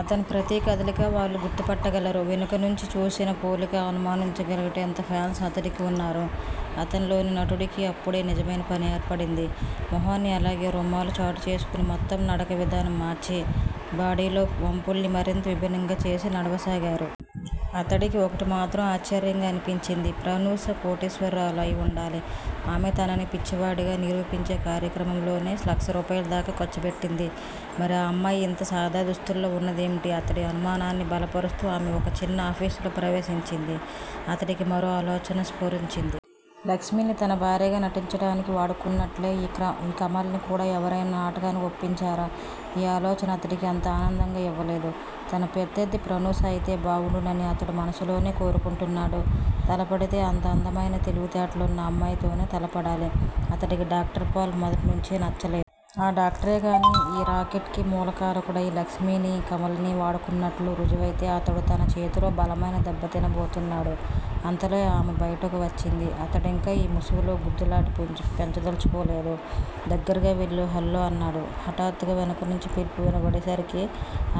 అతని ప్రతీ కదలికా వాళ్ళు గుర్తుపట్టగలరు. వెనుక నుంచి చూసినా పోలిక అనుమానించగలిగేటంత ఫాన్స్ అతడికి వున్నారు. అతనిలోని నటుడికి అప్పుడే నిజమైన పని ఏర్పడింది. మొహాన్ని అలాగే రూమాలు చాటుచేసుకుని మొత్తం నడక విధానం మార్చి బాడీలో వంపుల్ని మరింత విభిన్నంగా చేసి నడవసాగాడు. అతడికి ఒకటి మాత్రం ఆశ్చర్యంగా అనిపించింది. ప్రనూష కోటీశ్వరురాలు అయివుండాలి. ఆమె తనని పిచ్చివాడిగా నిరూపించే కార్యక్రమంలోనే లక్షరూపాయలదాకా ఖర్చు పెట్టింది. మరి ఆ అమ్మాయి ఇంత సాదా దుస్తుల్లో వున్నదేమిటి? అతడి అనుమానాన్ని బలపరుస్తూ ఆమె ఒక చిన్న ఆఫీసులో ప్రవేశించింది. అతడికి మరో ఆలోచన స్పురించింది. లక్ష్మిని తన భార్యగా నటించటానికి వాడుకున్నట్లే, ఈ కమల్ని కూడా ఎవరైనా నాటకానికి ఒప్పించారా? ఈ ఆలోచన అతడికి అంత ఆనందాన్ని యివ్వలేదు. తన ప్రత్యర్ధి ప్రనూష అయితే బావుండునని అతడు మనసులోనే కోరుకుంటున్నాడు. తలపడితే అంత అందమైన, తెలివితేటలున్న అమ్మాయితోనే తలపడాలి. అతడికి డాక్టర్ పాల్ మొదటినుంచీ నచ్చలేదు. ఆ డాక్టరేగాని ఈ రాకెట్ కి మూలకారకుడయి లక్ష్మినీ, కమలనీ వాడుకున్నట్టు ఋజువైతే, అతను తన చేతిలో బలమైన దెబ్బ తినబోతున్నాడు. అంతలో ఆమె బయటకు వచ్చింది. అతడింక ఈ ముసుగులో గుద్దులాట పెంచదల్చుకోలేదు. దగ్గరగా వెళ్ళి హల్లో అన్నాడు. హఠాత్తుగా వెనుకనుంచి పిలుపు వినపడేసరికి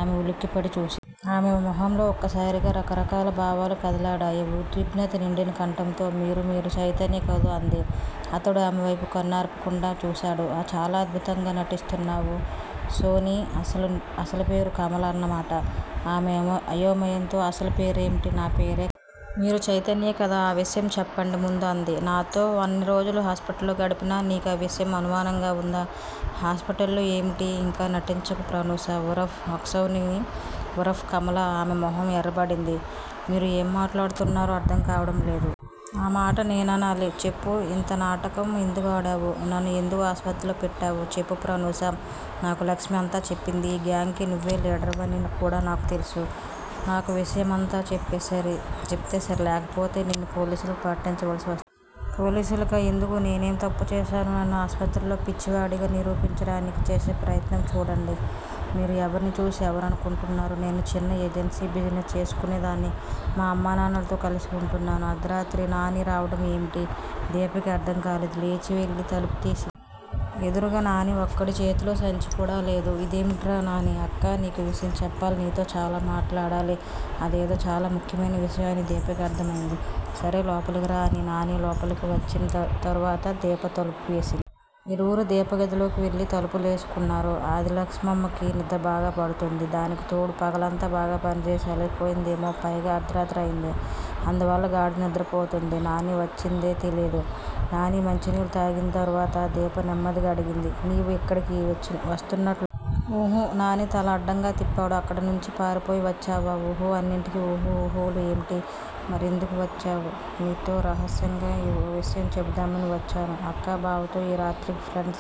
ఆమె ఉలిక్కిపడి చూసింది. ఆమె మొహంలో ఒక్కసారిగా రకరకాల భావాలు కదలాడాయి. ఉద్విగ్నత నిండిన కంఠంతో మీరు మీరు చైతన్య కదూ అంది. అతడు ఆమెవైపు కన్నార్పకుండా చూశాడు. చాలా అద్భుతంగా నటిస్తున్నావు. సో నీ అసలు పేరు కమల అన్నమాట. ఆమె అయోమయంగా అసలు పేరేమిటి? నా పేరే కమల. మీరు చైతన్యే కదా ఆ విషయం చెప్పండి ముందు అంది. నాతో అన్ని రోజులు హాస్పిటల్లో గడిపినా నీకా విషయం అనుమానంగా వుందా? హాస్పిటల్ ఏమిటి? ఇంకా నటించకు ప్రనూషా ఉరఫ్ అక్షౌహిణి ఉరఫ్ కమలా. ఆమె మొహం ఎర్రబడింది. మీరు ఏం మాట్లాడుతున్నారో అర్ధంకావటం లేదు. ఆ మాట నేననాలి. చెప్పు ఇంత నాటకం ఎందుకాడావు! నన్ను ఎందుకు ఆస్పత్రిలో పెట్టారు? చెప్పు ప్రనూషా! నాకు లక్ష్మి అంతా చెప్పింది. ఈ గ్యాంగ్ కి నువ్వే లీడర్ వని కూడా నాకు తెలుసు. నాకు విషయమంతా చెప్తేసరి. లేకపోతే నిన్ను పోలీసులకి పట్టించవలసి వస్తుంది. పోలీసులకా? ఎందుకు? నేనేం తప్పు చేశాను? నన్ను ఆస్పత్రిలో పిచ్చివాడిగా నిరూపించటానికి చేసే ప్రయత్నం. చూడండి, మీరు ఎవర్ని చూసి ఎవరనుకుంటున్నారో. నేను చిన్న ఏజెన్సీ బిజినెస్ చేసుకునేదాన్ని. మా అమ్మానాన్నలతో కలసి వుంటున్నాను. అర్ధరాత్రి నాని రావటం ఏమిటి? దీపకి అర్ధం కాలేదు లేచివెళ్ళి తలుపు తీసింది. ఎదురుగ నాని వక్కడే చేతిలో సంచీకూడా లేదు. ఇదేమిటిరా నానీ! అక్కా! నీకో విషయం చెప్పాలి నీతో చాలా మాట్లాడాలి. అదేదో చాలా ముఖ్యమైన విషయం అని దీపకి అర్ధం అయింది. సరే లోపలికి రా! అని నాని లోపలికి వచ్చిం తరువాత దీప తలుపు వేసింది. ఇరువురు దీప గదిలోకి వెళ్ళి తలుపు లేసుకున్నారు. ఆదిలక్ష్మమ్మకి నిద్ర బాగా పడుతుంది. దానికి తోడు పగలంతా బాగా పనిచేసి అలసిపోయిందేమో పైగా అర్ధరాత్రి అయింది అందువల్ల గాఢ నిద్రపోతున్నది నాని వచ్చిందే తెలియదు. నాని మంచినీళ్ళు తాగింతరువాత దీప నెమ్మదిగా అడిగింది. నీవు యిక్కడికి వస్తున్నట్లు అక్క బావకి తెలుసా? ఉహూ. నాని తల అడ్డంగా తిప్పాడు. అక్కడనుంచి పారిపోయి వచ్చావా? ఉహూ అన్నింటికి ఉహూ ఉహూలు ఏమిటి? మరి ఎందుకు వచ్చావు! నీతో రహస్యంగ ఓ విషయం చెపుదామని వచ్చాను. అక్కా బావతో ఈ రాత్రికి ఫ్రెండ్స్